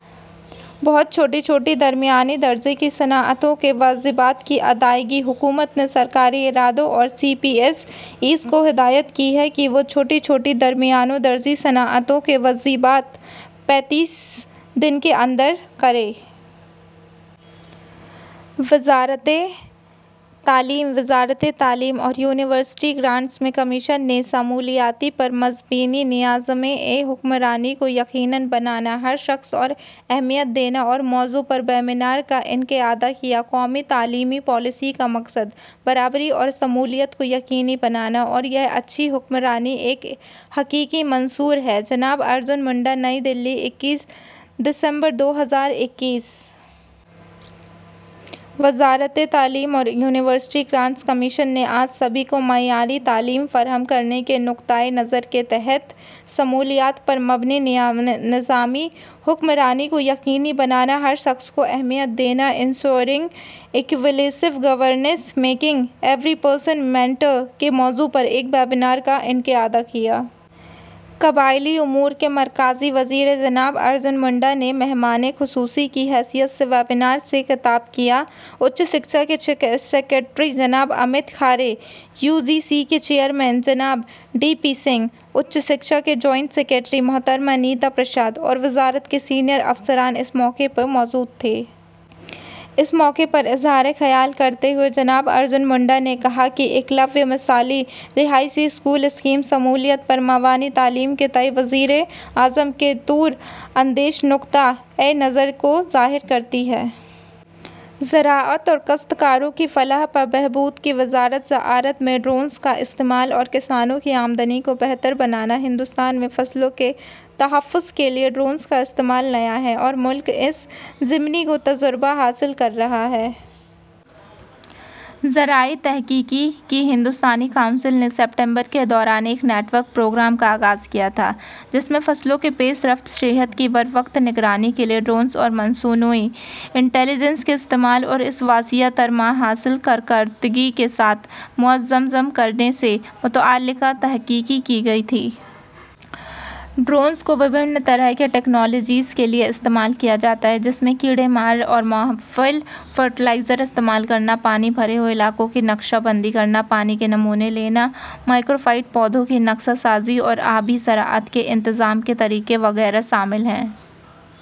بہت چھوٹی، چھوٹی اور درمیانے درجے کی صنعتوں کے واجبات کی ادائیگی: حکومت نے سرکاری اداروں اور سی پی ایس ایز کو ہدایت کی ہے کہ وہ بہت چھوٹی، چھوٹی اور درمیانے درجے کی صنعتوں کے واجبات پینتالیس دن کے اندر ادا کریں۔ وزارتِ تعلیم وزارت تعلیم اور یونیورسٹی گرانٹس کمیشن نے 'شمولیت پر مبنی نظام حکمرانی کو یقینی بنانا: ہر شخص کو اہمیت دینا' کے موضوع پر ویبینار کا انعقاد کیا قومی تعلیمی پالیسی کا مقصد برابری اور شمولیت کو یقینی بنانا ہے اور یہ اچھی حکمرانی کا ایک حقیقی منشور ہے – جناب ارجن منڈا نئی دہلی، اکیس ستمبر دو ہزار اکیس۔ وزارت تعلیم اور یونیورسٹی گرانٹس کمیشن نے آج سبھی کو معیاری تعلیم فراہم کرنے کے نقطہ نظر کے تحت 'شمولیت پر مبنی نظام حکمرانی کو یقینی بنانا: ہر شخص کو اہمیت دینا ensuring inclusive governance: making every person matter' کے موضوع پر ایک ویبینار کا انعقاد کیا۔ قبائلی امور کے مرکزی وزیر جناب ارجن منڈا نے مہمان خصوصی کی حیثیت سے ویبینار سے خطاب کیا۔ اعلیٰ تعلیم کے سکریٹری جناب Amit Khare, U G C کے چیئرمین جناب ڈی پی سنگھ، اعلیٰ تعلیم کی جوائنٹ سکریٹری محترمہ نیتا پرساد اور وزارت کے سینئر افسران اس موقع پر موجود تھے۔ اس موقع پر اظہار خیال کرتے ہوئے جناب ارجن منڈا نے کہا کہ ایکلوویہ مثالی رہائشی اسکول اسکیم شمولیت پر مبنی تعلیم کے تئیں وزیر اعظم کے دوراندیشانہ نقطہ نظر کو ظاہر کرتی ہے۔ زراعت اور کاشتکاروں کی فلاح و بہبود کی وزارت زراعت میں ڈرونس کا استعمال اور کسانوں کی آمدنی کو بہتر بنانا ہندوستان میں فصلوں کے تحفظ کے لئے ڈرونس کا استعمال نیا ہے اور ملک اس ضمن میں تجربہ حاصل کر رہا ہے۔ زرعی تحقیق کی ہندوستانی کونسل نے ستمبر کے دوران ایک نیٹ ورک پروگرام کا آغاز کیا تھا، جس میں فصلوں کی پیش رفت، صحت کی بروقت نگرانی کے لئے ڈرونس اور مصنوعی انٹلیجنس کے استعمال اور اسے وسیع تر ماحصل کارکردگی کے ساتھ منظم کرنے سے متعلق تحقیق کی گئی تھی۔ ڈرونس کو مختلف طرح کی ٹیکنالوجیوں کے لئے استعمال کیا جاتا ہے جس میں کیڑے مار اور محلول فرٹیلائزر کا استعمال کرنا، پانی بھرے ہوئے علاقوں کی نقشہ بندی کرنا، پانی کے نمونے لینا، میکروفائٹ اثرات کی نقشہ سازی اور آبی زراعت کے انتظام کے طریقے وغیرہ شامل ہیں۔